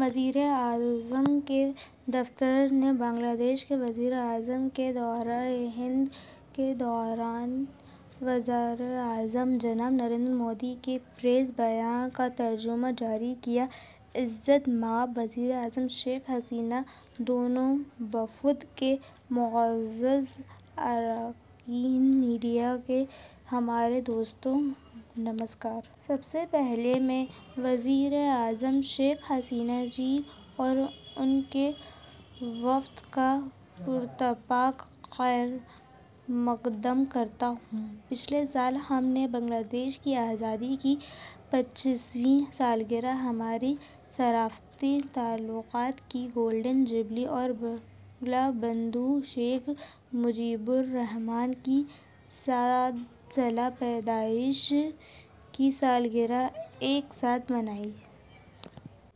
وزیر اعظم کے دفتر نے بنگلہ دیش کے وزیر اعظم کے دورۂ ہند کے دوران وزیر اعظم جناب نریندر مودی کے پریس بیان کا ترجمہ جاری کیا۔ عزت مآب وزیر اعظم شیخ حسینہ، دونوں وفود کے معزز اراکین، میڈیا کے ہمارے دوست، نمسکار! سب سے پہلے میں وزیر اعظم شیخ حسینہ جی اور ان کے وفد کا پرتپاک خیرمقدم کرتا ہوں۔ پچھلے سال ہم نے بنگلہ دیش کی آزادی کی پچاسویں سالگرہ، ہمارے سفارتی تعلقات کی گولڈن جوبلی اور بنگ بندھو شیخ مجیب الرحمان کی صد سالہ پیدائش کی سالگرہ ایک ساتھ منائی۔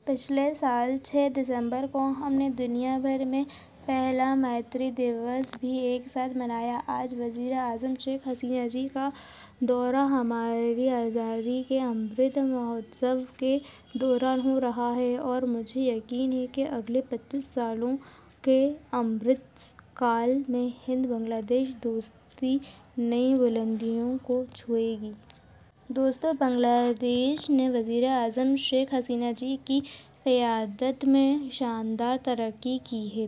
پچھلے سال چھ دسمبر کو، ہم نے دنیا بھر میں پہلا میتری دیوس بھی ایک ساتھ منایا۔ آج وزیر اعظم شیخ حسینہ جی کا دورہ ہماری آزادی کے امرت مہوتسو کے دوران ہو رہا ہے اور مجھے یقین ہے کہ اگلے پچیس سالوں کے امرت کال میں ہند بنگلہ دیش دوستی نئی بلندیوں کو چھوئے گی۔ دوستو، بنگلہ دیش نے وزیر اعظم شیخ حسینہ جی کی قیادت میں شاندار ترقی کی ہے۔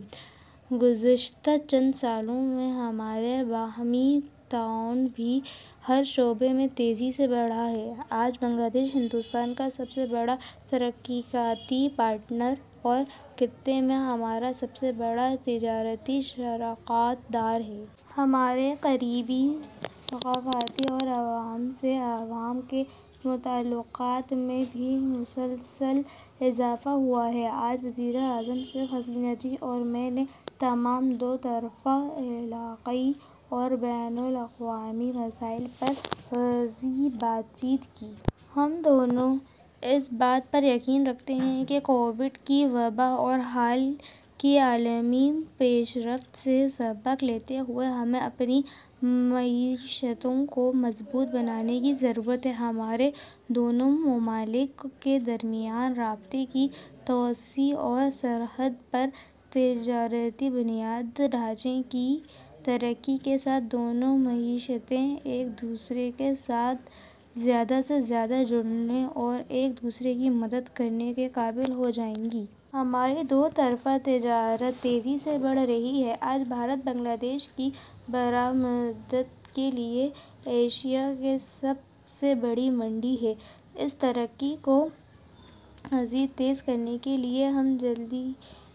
گزشتہ چند سالوں میں ہمارا باہمی تعاون بھی ہر شعبے میں تیزی سے بڑھا ہے۔ آج بنگلہ دیش ہندوستان کا سب سے بڑا ترقیاتی پارٹنر اور خطے میں ہمارا سب سے بڑا تجارتی شراکت دار ہے۔ ہمارے قریبی ثقافتی اور عوام سے عوام کے تعلقات میں بھی مسلسل اضافہ ہوا ہے۔ آج وزیر اعظم شیخ حسینہ جی اور میں نے تمام دو طرفہ، علاقائی اور بین الاقوامی مسائل پر وسیع بات چیت کی۔ ہم دونوں اس بات پر یقین رکھتے ہیں کہ کووڈ کی وبا اور حالیہ عالمی پیش رفت سے سبق لیتے ہوئے ہمیں اپنی معیشتوں کو مضبوط بنانے کی ضرورت ہے۔ ہمارے دونوں ممالک کے درمیان رابطے کی توسیع اور سرحد پر تجارتی بنیادی ڈھانچے کی ترقی کے ساتھ، دونوں معیشتیں ایک دوسرے کے ساتھ زیادہ سے زیادہ جڑنے اور ایک دوسرے کی مدد کرنے کے قابل ہو جائیں گی۔ ہماری دو طرفہ تجارت تیزی سے بڑھ رہی ہے۔ آج بھارت بنگلہ دیش کی برآمدات کے لیے ایشیا کی سب سے بڑی منڈی ہے۔ اس ترقی کو مزید تیز کرنے کے لیے، ہم جلد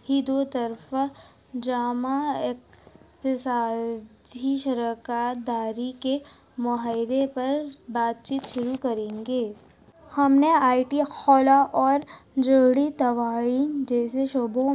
ہی دو طرفہ جامع اقتصادی شراکت داری کے معاہدے پر بات چیت شروع کریں گے۔ ہم نے آئی ٹی، خلائی اور جوہری توانائی جیسے شعبوں...